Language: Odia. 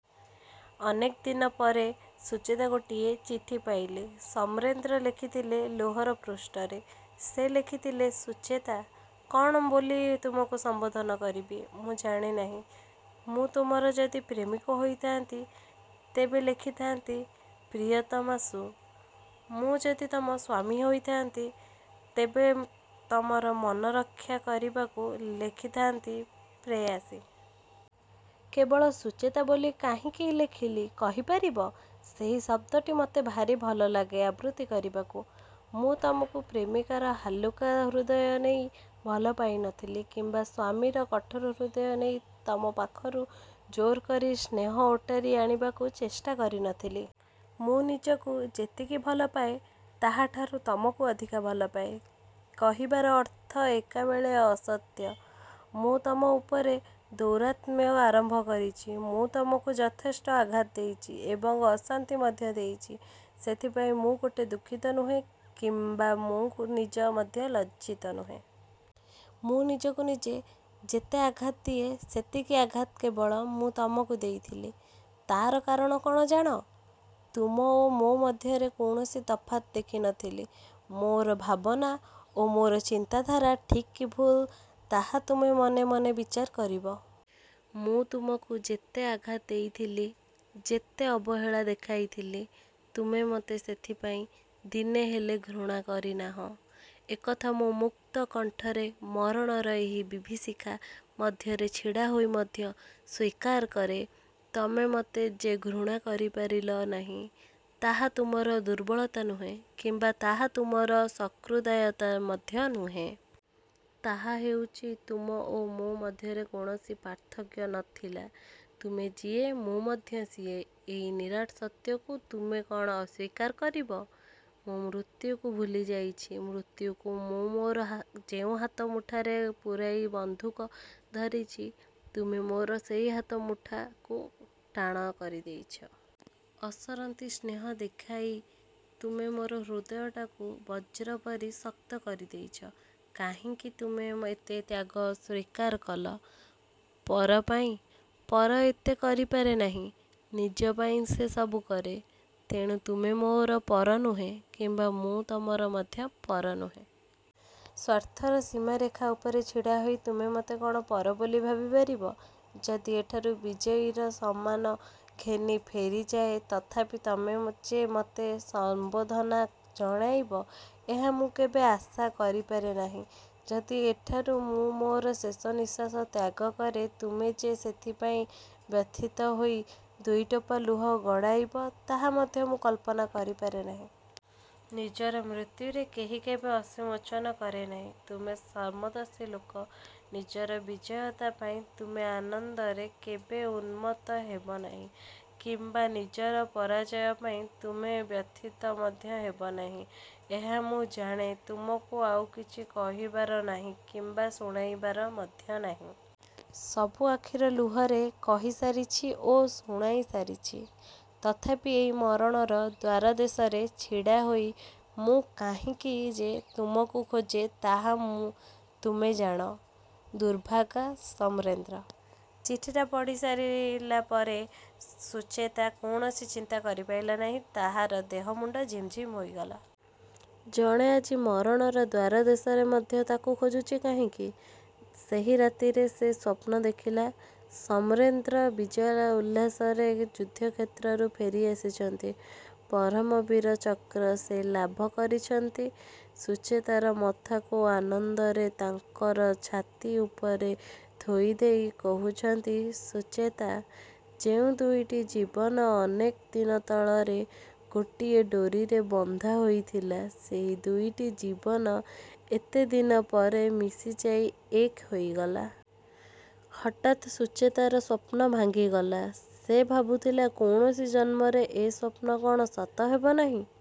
ଅନେକ ଦିନପରେ ସୁଚେତା ଗୋଟିଏ ଚିଠି ପାଇଲା। ସମରେନ୍ଦ୍ର ଲେଖିଥିଲେ ଲାହୋର ଫ୍ରଣ୍ଟରୁ। ସେ ଲେଖିଥିଲେ- ସୁଚେତା! କ'ଣ ବୋଲି ତୁମକୁ ସମ୍ୱୋଧନ କରିବି ମୁଁ ଜାଣେନାହିଁ। ମୁଁ ତୁମର ଯଦି ପ୍ରେମିକ ହୋଇଥାନ୍ତି ତେବେ ଲେଖିଥାନ୍ତି 'ପ୍ରିୟତମାଷୁ'! ମୁଁ ଯଦି ତୁମର ସ୍ୱାମୀ ହୋଇଥାନ୍ତି, ତେବେ ତୁମର ମନ ରକ୍ଷାକରିବାକୁ ଲେଖିଥାନ୍ତି 'ପ୍ରେୟସୀ'। କେବଳ 'ସୁଚେତା' ବୋଲି କାହିଁକି ଲେଖିଲି କହିପାରିବ? ସେହି ଶବ୍ଦଟି ମୋତେ ଭାରି ଭଲଲାଗେ ଆବୃତ୍ତି କରିବାକୁ। ମୁଁ ତୁମକୁ ପ୍ରେମିକର ହାଲୁକା ହୃଦୟ ନେଇ ଭଲ ପାଇନଥିଲି କିମ୍ୱା ସ୍ୱାମୀର କଠୋର ହୃଦୟ ନେଇ ତୁମ ପାଖରୁ ଜୋରକରି ସ୍ନେହ ଓଟାରି ଆଣିବାକୁ ଚେଷ୍ଟା କରିନଥିଲି। ମୁଁ ନିଜକୁ ଯେତିକି ଭଲପାଏ, ତାହାଠାରୁ ତୁମକୁ ଅଧିକ ଭଲପାଏ କହିବାର ଅର୍ଥ ଏକାବେଳେ ଅସତ୍ୟ। ମୁଁ ତୁମ ଉପରେ ଦୌରାତ୍ମ୍ୟ ଆରମ୍ଭ କରିଛି। ମୁଁ ତୁମକୁ ଯଥେଷ୍ଟ ଆଘାତ ଦେଇଛି ଏବଂ ଅଶାନ୍ତି ମଧ୍ୟ ଦେଇଛି। ସେଥିପାଇଁ ମୁଁ ମୋଟେ ଦୁଃଖିତ ନୁହେଁ କିମ୍ୱା ମୁଁ ନିଜେ ମଧ୍ୟ ଲଜ୍ଜିତ ନୁହେଁ। ମୁଁ ନିଜକୁ ନିଜେ ଯେତେ ଆଘାତ ଦିଏ ସେତିକି ଆଘାତ କେବଳ ମୁଁ ତୁମକୁ ଦେଇଥିଲି। ତା'ର କାରଣ କ'ଣ ଜାଣ? ତୁମ ଓ ମୋ ମଧ୍ୟରେ କୌଣସି ତଫାତ୍ ଦେଖି ନ ଥିଲି। ମୋର ଭାବନା ଓ ମୋର ଚିନ୍ତାଧାରା ଠିକ୍ କି ଭୁଲ ତାହା ତୁମେ ମନେମନେ ବିଚାର କରିବ। ମୁଁ ତୁମକୁ ଯେତେ ଆଘାତ ଦେଇଥିଲି, ଯେତେ ଅବହେଳା ଦେଖାଇଥିଲି, ତୁମେ ମୋତେ ସେଥିପାଇଁ ଦିନେହେଲେ ଘୃଣା କରିନାହଁ। ଏକଥା ମୁଁ ମୁକ୍ତକଣ୍ଠରେ ମରଣର ଏହି ବିଭୀଷିକା ମଧ୍ୟରେ ଛିଡ଼ାହୋଇ ମଧ୍ୟ ସ୍ୱୀକାର କରେ। ତୁମେ ମୋତେ ଯେ ଘୃଣା କରିପାରିଲ ନାହିଁ, ତାହା ତୁମର ଦୁର୍ବଳତା ନୁହେଁ କିମ୍ୱା ତାହା ତୁମର ସହୃଦୟତା ମଧ୍ୟ ନୁହେଁ। ତାହା ହେଉଛି ତୁମ ଓ ମୋ ମଧ୍ୟରେ କୌଣସି ପାର୍ଥକ୍ୟ ନ ଥିଲା। ତୁମେ ଯିଏ ମୁଁ ମଧ୍ୟ ସିଏ। ଏହି ନିରାଟ ସତ୍ୟକୁ ତୁମେ କ'ଣ ଅସ୍ୱୀକାର କରିବ? ମୁଁ ମୃତ୍ୟୁକୁ ଭୁଲିଯାଇଛି। ମୃତ୍ୟୁକୁ ମୁଁ ମୋର ଯେଉଁ ହାତମୁଠାରେ ପୂରାଇ ବନ୍ଧୁକ ଧରିଛି, ତୁମେ ମୋର ସେହି ହାତମୁଠାକୁ ଟାଣ କରିଦେଇଛ। ଅସରନ୍ତି ସ୍ନେହ ଦେଖାଇ ତୁମେ ମୋର ହୃଦୟଟାକୁ ବଜ୍ର ପରି ଶକ୍ତ କରିଦେଇଛ। କାହିଁକି ତୁମେ ଏତେ ତ୍ୟାଗ ସ୍ୱୀକାର କଲ? ପର ପାଇଁ ପର ଏତେ କରିପାରେ ନାହିଁ। ନିଜ ପାଇଁ ସେ ସବୁ କରେ। ତେଣୁ ତୁମେ ମୋର ପର ନୁହଁ କିମ୍ୱା ମୁଁ ତୁମର ମଧ୍ୟ ପର ନୁହେଁ। ସ୍ୱାର୍ଥର ସୀମାରେଖା ଉପରେ ଛିଡ଼ାହୋଇ ତୁମେ ମୋତେ କ'ଣ ପର ବୋଲି ଭାବି। ପାରିବ? ଯଦି ଏଠାରୁ ବିଜୟୀର ସମ୍ମାନ ଘେନି ଫେରିଯାଏ ତଥାପି ତୁମେ ଯେ ମୋତେ ସମ୍ୱର୍ଦ୍ଧନା ଜଣାଇବ ଏହା ମୁଁ କେବେ ଆଶା କରିପାରେ ନାହିଁ। ଯଦି ଏଠାରେ ମୁଁ ମୋର ଶେଷନିଶ୍ୱାସ ତ୍ୟାଗକରେ ତୁମେ ଯେ ସେଥିପାଇଁ ବ୍ୟଥିତ ହୋଇ ଦୁଇଟୋପା ଲୁହ ଗଡ଼ାଇବ ତାହା ମଧ୍ୟ ମୁଁ କଳ୍ପନା କରିପାରେ ନାହିଁ। ନିଜର ମୃତ୍ୟୁରେ କେହି କେବେ ଅଶ୍ରୁମୋଚନ କରେ ନାହିଁ। ତୁମେ ସମଦର୍ଶୀ ଲୋକ। ନିଜର ବିଜୟତା ପାଇଁ ତୁମେ ଆନନ୍ଦରେ କେବେ ଉନ୍ମତ୍ତ ହେବନାହିଁ କିମ୍ବା ନିଜର ପରାଜୟ ପାଇଁ ତୁମେ ବ୍ୟଥିତ ମଧ୍ୟ ହେବ ନାହିଁ। ଏହା ମୁଁ ଜାଣେ। ତୁମକୁ ଆଉ କିଛି କହିବାର ନାହିଁ କିମ୍ୱା ଶୁଣାଇବାର ମଧ୍ୟ ନାହିଁ। ସବୁ ଆଖିର ଲୁହରେ କହିସାରିଛି ଓ ଶୁଣାଇ ସାରିଛି। ତଥାପି ଏହି ମରଣର ଦ୍ୱାରଦେଶରେ ଛିଡ଼ାହୋଇ ମୁଁ କାହିଁକି ଯେ ତୁମକୁ ଖୋଜେ ତାହା ତୁମେ ଜାଣ। ଦୁର୍ଭାଗା ସମରେନ୍ଦ୍ର। ଚିଠିଟା ପଢ଼ି ସାରିଲା ପରେ ସୁଚେତା କୌଣସି ଚିନ୍ତା କରିପାରିଲା ନାହିଁ। ତାହାର ଦେହ ମୁଣ୍ଡ ଝିମ୍ଝିମ୍ ହୋଇଗଲା। ଜଣେ ଆଜି ମରଣର ଦ୍ୱାରଦେଶରେ ମଧ୍ୟ ତାକୁ ଖୋଜୁଛି କାହିଁକି? ସେହି ରାତିରେ ସେ ସ୍ୱପ୍ନ ଦେଖିଲା, ''ସମରେନ୍ଦ୍ର ବିଜୟ ଉଲ୍ଲାସରେ ଯୁଦ୍ଧକ୍ଷେତ୍ରରୁ ଫେରିଆସିଛନ୍ତି। 'ପରମବୀର ଚକ୍ର' ସେ ଲାଭ କରିଛନ୍ତି। ସୁଚେତାର ମଥାକୁ ଆନନ୍ଦରେ ତାଙ୍କର ଛାତି ଉପରେ ଥୋଇଦେଇ କହୁଛନ୍ତି 'ସୁଚେତା'! ଯେଉଁ ଦୁଇଟି ଜୀବନ ଅନେକ ଦିନ ତଳରେ ଗୋଟିଏ ଡୋରିରେ ବନ୍ଧା ହୋଇଥିଲା, ସେହି ଦୁଇଟି ଜୀବନ ଏତେଦିନ ପରେ ମିଶିଯାଇ ଏକ ହୋଇଗଲା। '' ହଠାତ୍ ସୁଚେତାର ସ୍ୱପ୍ନ ଭାଙ୍ଗିଗଲା। ସେ ଭାବୁଥିଲା କୌଣସି ଜନ୍ମରେ ଏ ସ୍ୱପ୍ନ କ'ଣ ସତ୍ୟ ହେବ ନାହିଁ?